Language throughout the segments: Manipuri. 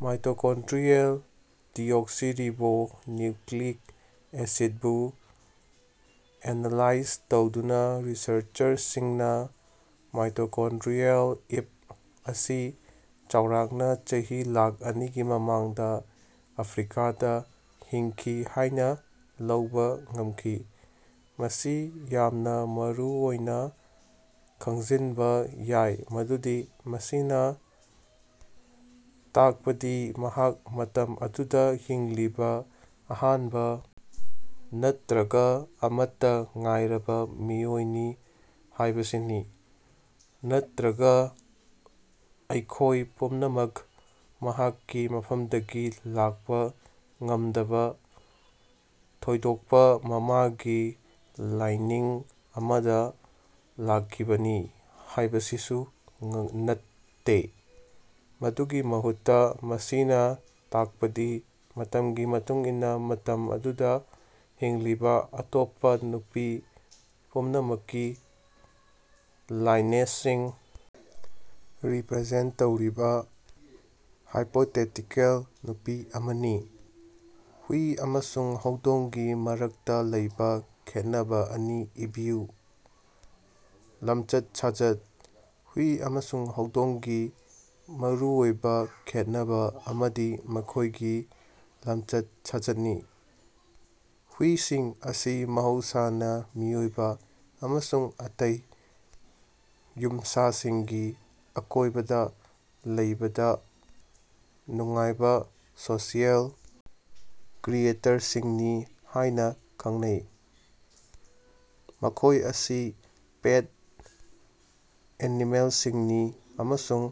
ꯃꯥꯏꯇꯣꯀꯣꯟꯗ꯭ꯔꯤꯑꯦꯜ ꯗꯤꯑꯣꯛꯁꯤꯔꯤꯕꯣ ꯅꯤꯎꯀ꯭ꯂꯤꯛ ꯑꯦꯁꯤꯠꯕꯨ ꯑꯦꯅꯥꯂꯥꯏꯖ ꯇꯧꯗꯨꯅꯥ ꯔꯤꯁꯔꯆꯔꯁꯤꯡꯅꯥ ꯃꯥꯏꯇꯣꯀꯣꯟꯗ꯭ꯔꯤꯑꯦꯜ ꯏꯞ ꯑꯁꯤ ꯆꯥꯎꯔꯥꯛꯅꯥ ꯆꯍꯤ ꯂꯥꯛ ꯑꯅꯤꯒꯤ ꯃꯃꯥꯡꯗꯥ, ꯑꯐ꯭ꯔꯤꯀꯥꯗꯥ ꯍꯤꯡꯈꯤ ꯍꯥꯏꯅꯥ ꯂꯧꯕꯥ ꯉꯝꯈꯤ꯫ ꯃꯁꯤ ꯌꯥꯝꯅꯥ ꯃꯔꯨꯑꯣꯏꯅꯥ ꯈꯪꯖꯤꯟꯕꯥ ꯌꯥꯏ ꯃꯗꯨꯗꯤ ꯃꯁꯤꯅꯥ ꯇꯥꯛꯄꯗꯤ ꯃꯍꯥꯛ ꯃꯇꯝ ꯑꯗꯨꯗꯥ ꯍꯤꯡꯂꯤꯕꯥ ꯑꯍꯥꯟꯕꯥ ꯅꯠꯇ꯭ꯔꯒꯥ ꯑꯃꯠꯇꯥ ꯉꯥꯏꯔꯕꯥ ꯃꯤꯑꯣꯏꯅꯤ ꯍꯥꯏꯕꯁꯤꯅꯤ, ꯅꯠꯇ꯭ꯔꯒꯥ ꯑꯩꯈꯣꯏ ꯄꯨꯝꯅꯃꯛ ꯃꯍꯥꯛꯀꯤ ꯃꯐꯝꯗꯒꯤ ꯂꯥꯛꯄꯥ ꯉꯝꯗꯕꯥ, ꯊꯣꯏꯗꯣꯛꯄꯥ ꯃꯃꯥꯒꯤ ꯂꯥꯏꯅꯤꯡ ꯑꯃꯗꯥ ꯂꯥꯛꯈꯤꯕꯅꯤ ꯍꯥꯏꯕꯁꯤꯁꯨ ꯅꯠꯇꯦ꯫ ꯃꯗꯨꯒꯤ ꯃꯍꯨꯠꯇꯥ, ꯃꯁꯤꯅꯥ ꯇꯥꯛꯄꯗꯤ ꯃꯇꯝꯒꯤ ꯃꯇꯨꯡ ꯏꯟꯅꯥ ꯃꯇꯝ ꯑꯗꯨꯗꯥ ꯍꯤꯡꯂꯤꯕꯥ ꯑꯇꯣꯞꯄꯥ ꯅꯨꯄꯤ ꯄꯨꯝꯅꯃꯛꯀꯤ ꯂꯥꯏꯅꯦꯖꯁꯤꯡ ꯔꯤꯄ꯭ꯔꯖꯦꯟꯇ ꯇꯧꯔꯤꯕꯥ ꯍꯥꯏꯄꯣꯇꯦꯇꯤꯀꯜ ꯅꯨꯄꯤ ꯑꯃꯅꯤ꯫ ꯍꯨꯏ ꯑꯃꯁꯨꯡ ꯍꯧꯗꯣꯡꯒꯤ ꯃꯔꯛꯇꯥ ꯂꯩꯕꯥ ꯈꯦꯠꯅꯕꯥ ꯑꯅꯤ ꯏꯕꯤꯌꯨ꯫ ꯂꯃꯆꯠ-ꯁꯥꯖꯠ: ꯍꯨꯏ ꯑꯃꯁꯨꯡ ꯍꯧꯗꯣꯡꯒꯤ ꯃꯔꯨꯑꯣꯏꯕꯥ ꯈꯦꯠꯅꯕꯥ ꯑꯃꯗꯤ ꯃꯈꯣꯏꯒꯤ ꯂꯃꯆꯠ-ꯁꯥꯖꯠꯅꯤ꯫ ꯍꯨꯏꯁꯤꯡ ꯑꯁꯤ ꯃꯍꯧꯁꯥꯅꯥ ꯃꯤꯑꯣꯏꯕꯥ ꯑꯃꯁꯨꯡ ꯑꯇꯩ ꯌꯨꯝꯁꯥꯁꯤꯡꯒꯤ ꯑꯀꯣꯏꯕꯗꯥ ꯂꯩꯕꯗꯥ ꯅꯨꯡꯉꯥꯏꯕꯥ ꯁꯣꯁꯤꯑꯦꯜ ꯀ꯭ꯔꯤꯌꯦꯇꯔꯁꯤꯡꯅꯤ ꯍꯥꯏꯅꯥ ꯈꯪꯅꯩ꯫ ꯃꯈꯣꯏ ꯑꯁꯤ ꯄꯦꯠ ꯑꯦꯅꯤꯃꯦꯜꯁꯤꯡꯅꯤ ꯑꯃꯁꯨꯡ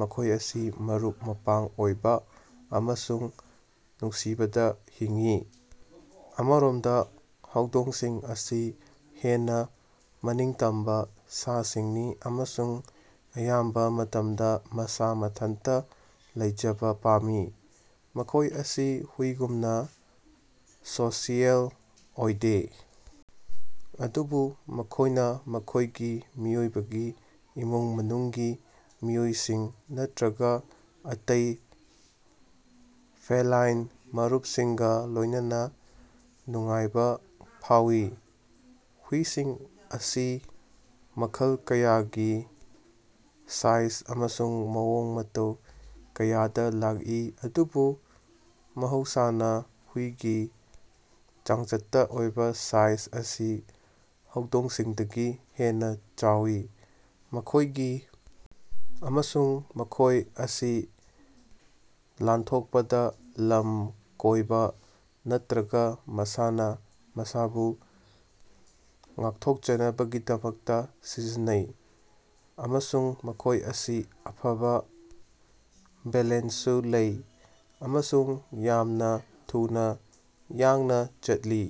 ꯃꯈꯣꯏ ꯑꯁꯤ ꯃꯔꯨꯞ-ꯃꯄꯥꯡ ꯑꯣꯏꯕꯥ ꯑꯃꯁꯨꯡ ꯅꯨꯡꯁꯤꯕꯗꯥ ꯍꯤꯡꯏ꯫ ꯑꯃꯔꯣꯝꯗꯥ, ꯍꯧꯗꯣꯡꯁꯤꯡ ꯑꯁꯤ ꯍꯦꯟꯅꯥ ꯃꯅꯤꯡꯇꯝꯕꯥ ꯁꯥꯁꯤꯡꯅꯤ ꯑꯃꯁꯨꯡ ꯑꯌꯥꯝꯕꯥ ꯃꯇꯝꯗꯥ ꯃꯁꯥ ꯃꯊꯟꯇꯥ ꯂꯩꯖꯕꯥ ꯄꯥꯝꯃꯤ꯫ ꯃꯈꯣꯏ ꯑꯁꯤ ꯍꯨꯏꯒꯨꯝꯅꯥ ꯁꯣꯁꯤꯑꯦꯜ ꯑꯣꯏꯗꯦ ꯑꯗꯨꯕꯨ ꯃꯈꯣꯏꯅꯥ ꯃꯈꯣꯏꯒꯤ ꯃꯤꯑꯣꯏꯕꯒꯤ ꯏꯃꯨꯡ-ꯃꯅꯨꯡꯒꯤ ꯃꯤꯑꯣꯏꯁꯤꯡ ꯅꯠꯇ꯭ꯔꯒꯥ ꯑꯇꯩ ꯐꯦꯂꯥꯏꯟ ꯃꯔꯨꯞꯁꯤꯡꯒꯥ ꯂꯣꯏꯅꯅꯥ ꯅꯨꯡꯉꯥꯏꯕꯥ ꯐꯥꯎꯏ꯫ ꯍꯨꯏꯁꯤꯡ ꯑꯁꯤ ꯃꯈꯜ ꯀꯌꯥꯒꯤ, ꯁꯥꯏꯖ ꯑꯃꯁꯨꯡ ꯃꯑꯣꯡ-ꯃꯇꯧ ꯀꯌꯥꯗꯥ ꯂꯥꯛꯏ, ꯑꯗꯨꯕꯨ ꯃꯍꯧꯁꯥꯅꯥ, ꯍꯨꯏꯒꯤ ꯆꯥꯡꯆꯠꯇꯥ ꯑꯣꯏꯕꯥ ꯁꯥꯏꯖ ꯑꯁꯤ ꯍꯧꯗꯣꯡꯁꯤꯡꯗꯒꯤ ꯍꯦꯟꯅꯥ ꯋꯥꯡꯏ꯫ ꯃꯈꯣꯏꯒꯤ ꯑꯃꯁꯨꯡ ꯃꯈꯣꯏ ꯑꯁꯤ ꯂꯥꯟꯊꯣꯛꯄꯗꯥ, ꯂꯝ ꯀꯣꯏꯕꯥ ꯅꯠꯇ꯭ꯔꯒꯥ ꯃꯁꯥꯅꯥ ꯃꯁꯥꯕꯨ ꯉꯥꯛꯊꯣꯛꯆꯅꯕꯒꯤꯗꯃꯛꯇꯥ ꯁꯤꯖꯤꯟꯅꯩ, ꯑꯃꯁꯨꯡ ꯃꯈꯣꯏ ꯑꯁꯤ ꯑꯐꯕꯥ ꯕꯦꯂꯦꯟꯁꯁꯨ ꯂꯩ ꯑꯃꯁꯨꯡ ꯌꯥꯝꯅꯥ ꯊꯨꯅꯥ ꯌꯥꯡꯅꯥ ꯆꯠꯂꯤ꯫